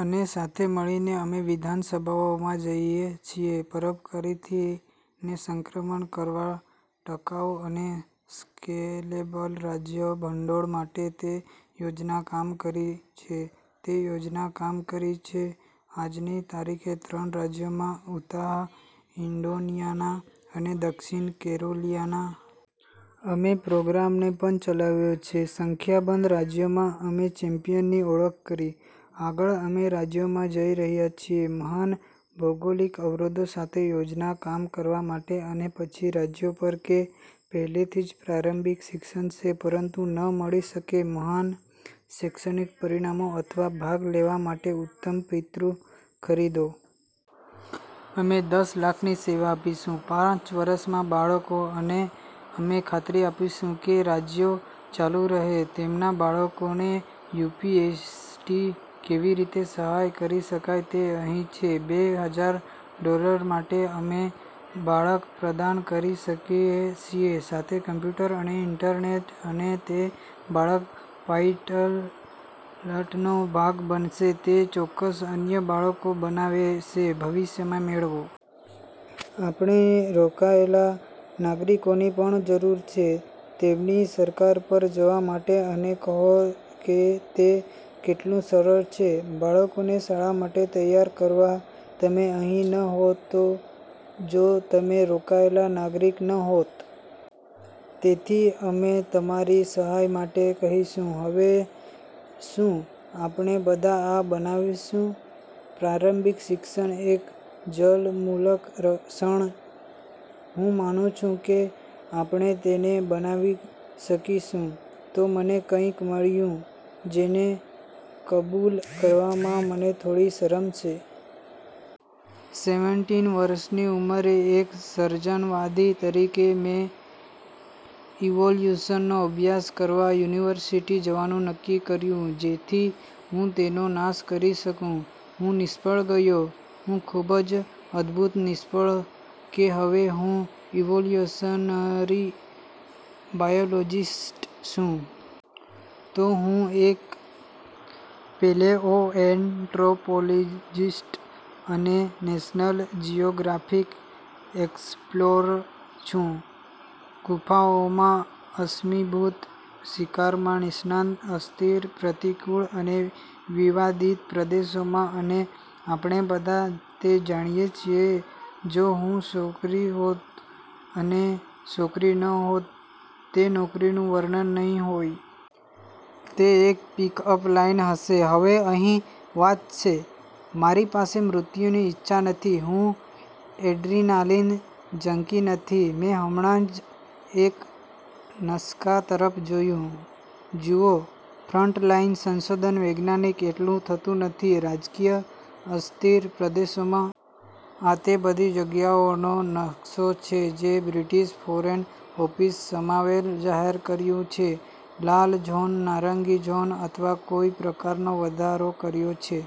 અને સાથે મળીને અમે વિધાનસભાઓમાં જઈએ છીએ પરોપકારીથી ને સંક્રમણ કરવા ટકાઉ અને સ્કેલેબલ રાજ્ય ભંડોળ માટે. તે યોજના કામ કરી છે. તે યોજના કામ કરી છે આજની તારીખે ત્રણ રાજ્યોમાં: ઉતાહ, ઈન્ડોનિયાના અને દક્ષિણ કેરોલિયાના. અમે પ્રોગ્રામને પણ ચલાવ્યો છે સંખ્યાબંધ રાજ્યોમાં અમે ચેમ્પિયનની ઓળખ કરી. આગળ, અમે રાજ્યોમાં જઈ રહ્યા છીએ મહાન ભૌગોલિક અવરોધો સાથે યોજના કામ કરવા માટે અને પછી રાજ્યો પર કે પહેલેથી જ પ્રારંભિક શિક્ષણ છે પરંતુ ન મળી શકે મહાન શૈક્ષણિક પરિણામો અથવા ભાગ લેવા માટે ઉત્તમ પિતૃ ખરીદો. અમે દસ લાખની સેવા આપીશું પાંચ વરસમાં બાળકો અને અમે ખાતરી આપીશું કે રાજ્યો ચાલુ રહે તેમના બાળકોને યુ.પી.એસ.ટી. કેવી રીતે સહાય કરી શકાય તે અહીં છે. બે હજાર ડોલર માટે અમે બાળક પ્રદાન કરી શકીએ છીએ સાથે કમ્પ્યુટર અને ઇન્ટરનેટ અને તે બાળક પાઇટલ લટનો ભાગ બનશે તે ચોક્કસ અન્ય બાળકો બનાવે છે ભવિષ્યમાં મેળવો. આપણે રોકાયેલા નાગરિકોની પણ જરૂર છે તેમની સરકાર પર જવા માટે અને કહો કે તે કેટલું સરળ છે બાળકોને શાળા માટે તૈયાર કરવા. તમે અહીં ન હોત તો જો તમે રોકાયેલા નાગરિક ન હોત. તેથી અમે તમારી સહાય માટે કહીશું. હવે, શું આપણે બધા આ બનાવશું? પ્રારંભિક શિક્ષણ એક જળમૂલક ક્ષણ? હું માનું છું કે આપણે તેને બનાવી શકીશું. તો મને કંઈક મળ્યું જેને કબૂલ કરવામાં મને થોડી શરમ છે. સેવેનટીન વર્ષની ઉંમરે એક સર્જનવાદી તરીકે, મેં ઇવોલ્યુશનનો અભ્યાસ કરવા યુનિવર્સિટી જવાનું નક્કી કર્યું જેથી હું તેનો નાશ કરી શકું. હું નિષ્ફળ ગયો. હું ખૂબ જ અદભૂત નિષ્ફળ કે હવે હું ઇવોલ્યુશનરી બાયોલોજિસ્ટ છું. તો હું એક પેલેઓએન્ટ્રોપોલીજિસ્ટ અને નેશનલ જિયોગ્રાફિક એક્સપ્લોર છું. ગુફાઓમાં અશ્મિભૂત શિકારમાં નિષ્ણાત અસ્થિર, પ્રતિકૂળ અને વિવાદિત પ્રદેશોમાં. અને આપણે બધા તે જાણીએ છીએ જો હું છોકરી હોત અને છોકરી ન હોત, તે નોકરીનું વર્ણન નહીં હોય. તે એક પિક-અપ લાઇન હશે. હવે, અહીં વાત છે. મારી પાસે મૃત્યુની ઇચ્છા નથી. હું એડ્રીનાલિન જંકી નથી. મેં હમણાં જ એક નસ્કા તરફ જોયું. જુઓ, ફ્રન્ટલાઈન સંશોધન વૈજ્ઞાનિક એટલું થતું નથી રાજકીય અસ્થિર પ્રદેશોમાં. આ તે બધી જગ્યાઓનો નકશો છે જે બ્રિટીશ ફોરેન ઓફિસ સમાવેલ જાહેર કર્યું છે લાલ ઝોન, નારંગી ઝોન અથવા કોઈ પ્રકારનો વધારો કર્યો છે.